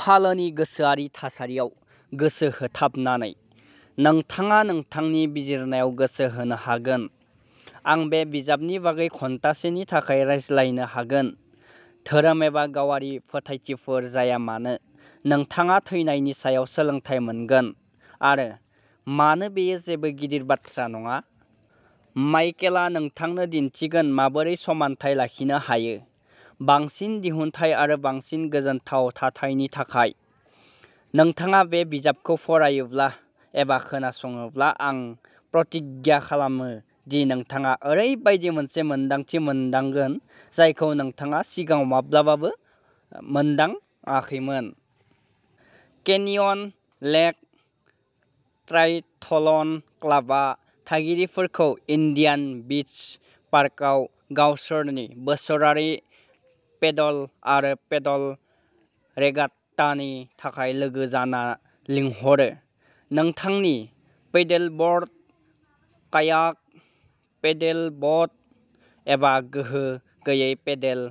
फालोनि गोसोआरि थासारियाव गोसो होथाबनानै, नोंथाङा नोंथांनि बिजिरनायाव गोसो होनो हागोन। आं बे बिजाबनि बागै घन्टासेनि थाखाय रायज्लायनो हागोन। धोरोम एबा गावारि फोथायथिफोर जाया मानो, नोंथाङा थैनायनि सायाव सोलोंथाय मोनगोन, आरो मानो बेयो जेबो गिदिर बाथ्रा नङा। माइकेलआ नोंथांनो दिन्थिगोन माबोरै समानथाय लाखिनो हायो, बांसिन दिहुनथाइ आरो बांसिन गोजोनथाव थाथायनि थाखाय। नोंथाङा बे बिजाबखौ फरायोब्ला एबा खोनासङोब्ला आं प्रतिज्ञा खालामो दि नोंथाङा ओरैबायदि मोनसे मोनदांथि मोनदांगोन जायखौ नोंथाङा सिगाङाव माब्लाबाबो मोनदांआखैमोन। केनियन लेक ट्रायथल'न क्लाबआ थागिरिफोरखौ इन्डियान बीच पार्कआव गावसोरनि बोसोरारि पेडल आरो पेडल रेगाट्टानि थाखाय लोगो जानो लिंहरो। नोंथांनि पैडलब'र्ड, कायाक, पैडल बट, एबा गोहो गैयै पैडल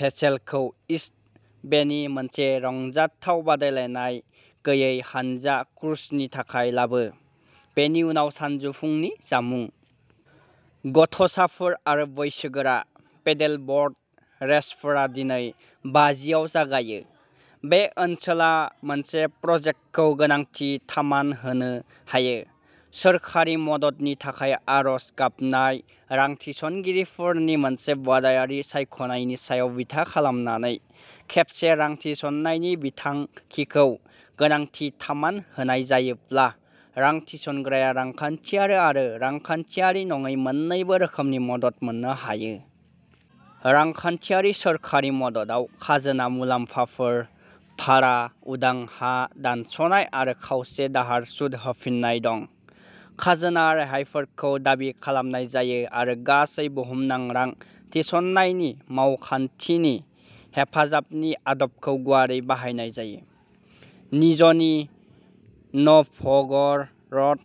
भेसेलखौ इस्ट बेनि मोनसे रंजाथाव बादायलायनाय गैयै हानजा क्रुजनि थाखाय लाबो, बेनि उनाव सानजौफुनि जामुं। गथ'साफोर आरो बैसोगोरा पैडलब'र्ड रेसफोरा जिनै बाजिआव जागायो। बे ओनसोला मोनसे प्रजेक्टखौ गोनांथि थामान होनो हायो। सोरखारि मददनि थाखाय आर'ज गाबनाय रां थिसनगिरिफोरनि मोनसे बादायारि सायख'नायनि सायाव बिथा खालामनानै। खेबसे रां थिसननायनि बिथांखिखौ गोनांथि थामान होनाय जायोब्ला, रां थिसनग्राया रांखान्थियारि आरो रांखान्थियारि नङै मोन्नैबो रोखोमनि मदद मोननो हायो। रांखान्थियारि सोरखारि मददाव खाजोना मुलाम्फाफोर, भारा उदां हा दानस'नाय आरो खावसे दाहार सुद होफिननाय दं। खाजोना रेहायफोरखौ दाबि खालामनाय जायो आरो गासै बुहुमनां रां थिसननायनि मावखान्थिनि हेफाजाबनि आदबखौ गुवारै बाहायनाय जायो। निजनी न'भगर'ड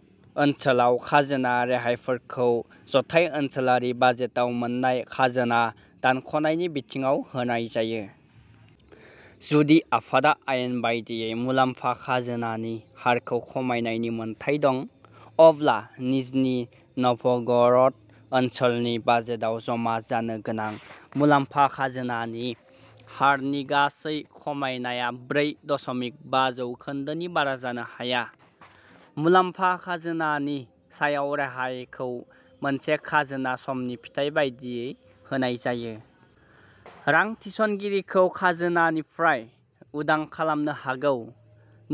ओनसोलाव खाजोना रेहायफोरखौ जथाय ओनसोलारि बाजेटआव मोन्नाय खाजोना दानख'नायनि बिथिङाव होनाय जायो। जुदि आफादा आयेन बायदियै मुलाम्फा खाजोनानि हारखौ खमायनायनि मोनथाय दं, अब्ला निजनी न'भगर'ड ओनसोलनि बाजेटआव जमा जानो गोनां मुलाम्फा खाजोनानि हारनि गासै खमायनाया ब्रै दशमिक बा जौखोन्दोनि बारा जानो हाया। मुलाम्फा खाजोनानि सायाव रेहायखौ मोनसे खाजोना समनि फिथाय बायदियै होनाय जायो। रां थिसनगिरिखौ खाजोनानिफ्राय उदां खालामनो हागौ।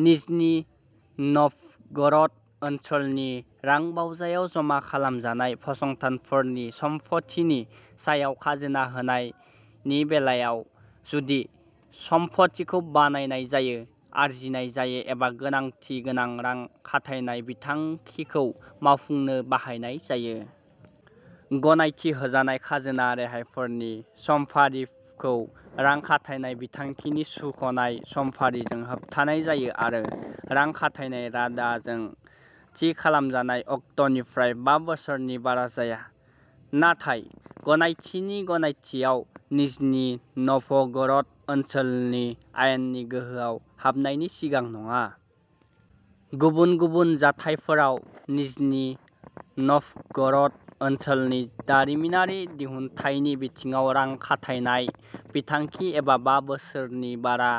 निजनी नभगोरद ओनसोलनि रांबावजायाव जमा खालामजानाय फसंथानफोरनि सम्पथिनि सायाव खाजोना होनायनि बेलायाव, जुदि सम्पथिखौ बानायनाय जायो, आरजिनाय जायो एबा गोनांथि गोनां रां खाथायनाय बिथांखिखौ मावफुंनो बाहायनाय जायो। गनायथि होजानाय खाजोना रेहायफोरनि समफारिखौ रां खाथायनाय बिथांखिनि सुख'नाय समफारिजों होबथानाय जायो आरो रां खाथायनाय रादाजों थि खालामजानाय अक्ट'निफ्राय बा बोसोरनि बारा जाया, नाथाय गनायथिनि गनायथिआव निजनी नभगोरद ओनसोलनि आयेननि गोहोआव हाबनायनि सिगां नङा। गुबुन गुबुन जाथायफोराव, निजनी नभगोरद ओनसोलनि दारिमिनारि दिहुन्थाइनि बिथिङाव रां खाथायनाय बिथांखि एबा बा बोसोरनि बारा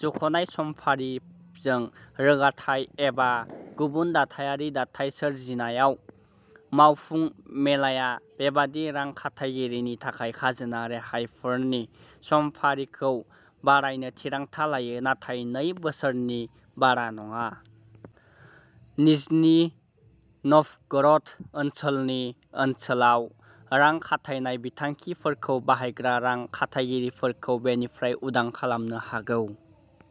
सुख'नाय समफारिजों रोगाथाइ एबा गुबुन दाथायारि दाथाय सोरजिनायाव, मावफुं मेलाया बेबादि रां खाथायगिरिनि थाखाय खाजोना रेहायफोरनि समफारिखौ बारायनो थिरांथा लायो, नाथाय नै बोसोरनि बारा नङा। निजनी नभगोरद ओनसोलनि ओनसोलाव रां खाथायनाय बिथांखिफोरखौ बाहायग्रा रां खाथायगिरिफोरखौ बेनिफ्राय उदां खालामनो हागौ।